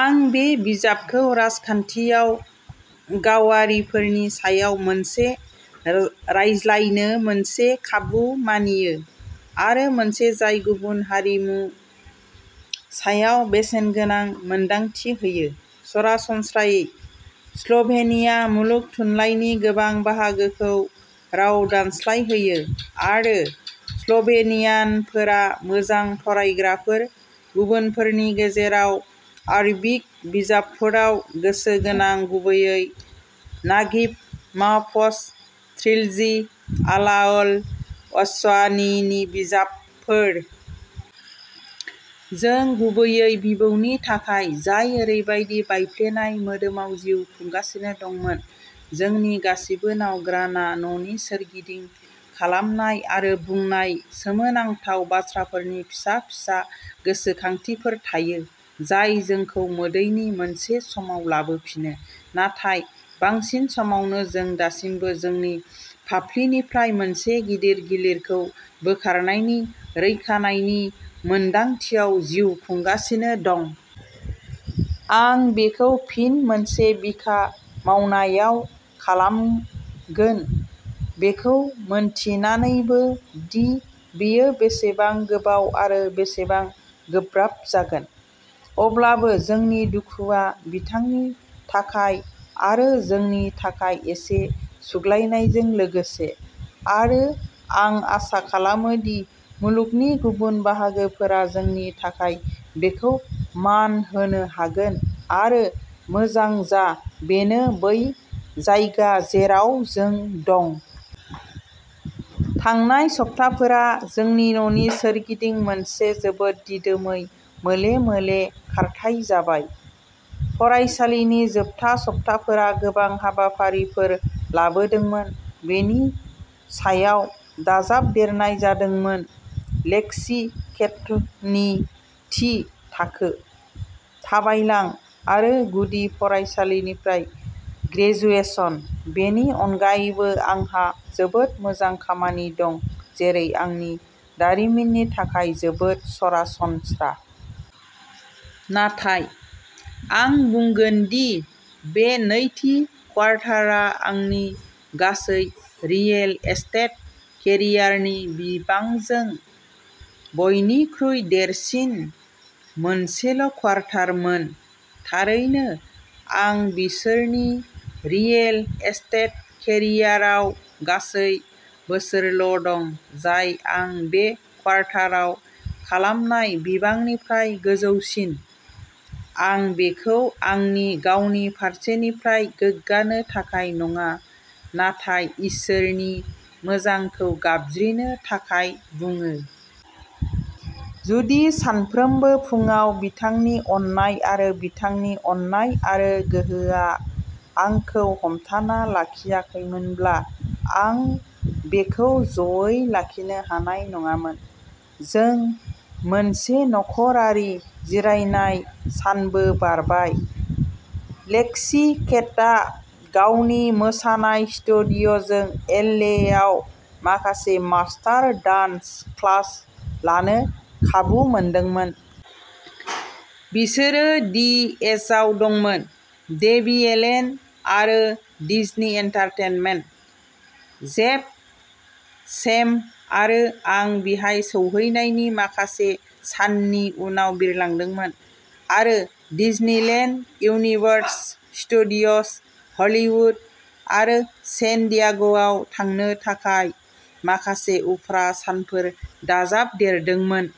आं बे बिजाबखौ राजखान्थियाव गावारिफोरनि सायाव मोनसे रायज्लायनो मोनसे खाबु मानियो, आरो मोनसे जाय गुबुन हारिमुनि सायाव बेसेनगोनां मोनदांथि होयो। सरासनस्रायै, स्ल'भेनिया मुलुग थुनलाइनि गोबां बाहागोखौ राव दानस्लायहोयो, आरो स्ल'भेनियानफोरा मोजां फरायग्राफोर, गुबुनफोरनि गेजेराव आरबिक बिजाबफोराव गोसो गोनां, गुबैयै नागिब माहफ'ज ट्रिलजि, आला अल अस्वानीनि बिजाबफोर। जों; गुबैयै बिबौनि थाखाय, जाय ओरैबायदि बायफ्लेनाय मोदोमाव जिउ खुंगासिनो दंमोन। जोंनि गासिबोनाव ग्रानआ न'नि सोरगिदिं खालामनाय आरो बुंनाय सोमोनांथाव बाथ्राफोरनि फिसा-फिसा गोसोखांथिफोर थायो, जाय जोंखौ मोदैनि मोनसे समाव लाबोफिनो। नाथाय, बांसिन समावनो जों दासिमबो जोंनि फाफ्लिनिफ्राय मोनसे गिदिर गिलिरखौ बोखारनायनि रैखानायनि मोनदांथियाव जिउ खुंगासिनो दं। आं बेखौ फिन मोनसे बिखा मावनायाव खालामगोन, बेखौ मिन्थिनानैबो दि बेयो बेसेबां गोबाव आरो बेसेबां गोब्राब जागोन। अब्लाबो, जोंनि दुखुआ बिथांनि थाखाय आरो जोंनि थाखाय एसे सुग्लायनायजों लोगोसे। आरो, आं आसा खालामो दि मुलुगनि गुबुन बाहागोफोरा जोंनि थाखाय बेखौ मान होनो हागोन, आरो मोजां जा, बेनो बै जायगा जेराव जों दं। थांनाय सप्ताफोरा जोंनि न'नि सोरगिदिं मोनसे जोबोद दिदोमै मोले-मोले खारथाय जाबाय। फरायसालिनि जोबथा सप्ताफोरा गोबां हाबाफारिफोर लाबोदोंमोन, बेनि सायाव दाजाबदेरनाय जादोंमोन लेक्सि केटनि थि थाखो। थाबायलां, आरो गुदि फरायसालिनिफ्राय ग्रेजुएशन। बेनि अनगायैबो, आंहा जोबोद मोजां खामानि दं, जेरै आंनि दारिमिननि थाखाय जोबोद सरासनस्रा। नाथाय, आं बुंगोन दि बे नैथि क्वार्टारआ आंनि गासै रिएल एस्टेट केरियारनि बिबांजों बयनिख्रुइ देरसिन मोनसेल'क्वार्टारमोन। थारैनो, आंनि बोसोरनि रिएल एस्टेट केरियाराव गासै बोसोरल'दं जाय आं बे क्वार्टारआव खालामनाय बिबांनिफ्राय गोजौसिन। आं बेखौ आंनि गावनि फारसेनिफ्राय गोग्गानो थाखाय नङा, नाथाय इसोरनि मोजांखौ गाबज्रिनो थाखाय बुङो। जुदि सानफ्रोमबो फुंआव बिथांनि अननाय आरो बिथांनि अननाय आरो गोहोआ आंखौ हमथाना लाखियाखैमोनब्ला आं बेखौ ज'यै लाखिनो हानाय नङामोन। जों मोनसे नख'रारि जिरायनाय सानबो बारबाय। लेक्सि केटआ गावनि मोसानाय स्टुडिय'जों एल. ए. आव माखासे मास्टार डान्स क्लास लानो खाबु मोनदोंमोन। बिसोरो दि एजआव दंमोन। डेबी एलेन, आरो डिज्नी एन्टारटेनमेन्ट। जेफ, सेम, आरो आं बिहाय सौहैनायनि माखासे साननि उनाव बिरलांदोंमोन, आरो डिज्नीलेन्ड, यूनिवर्सल स्टुडिय'ज हलीवुड, आरो सेन डियागोआव थांनो थाखाय माखासे उफ्रा सानफोर दाजाबदेरदोंमोन।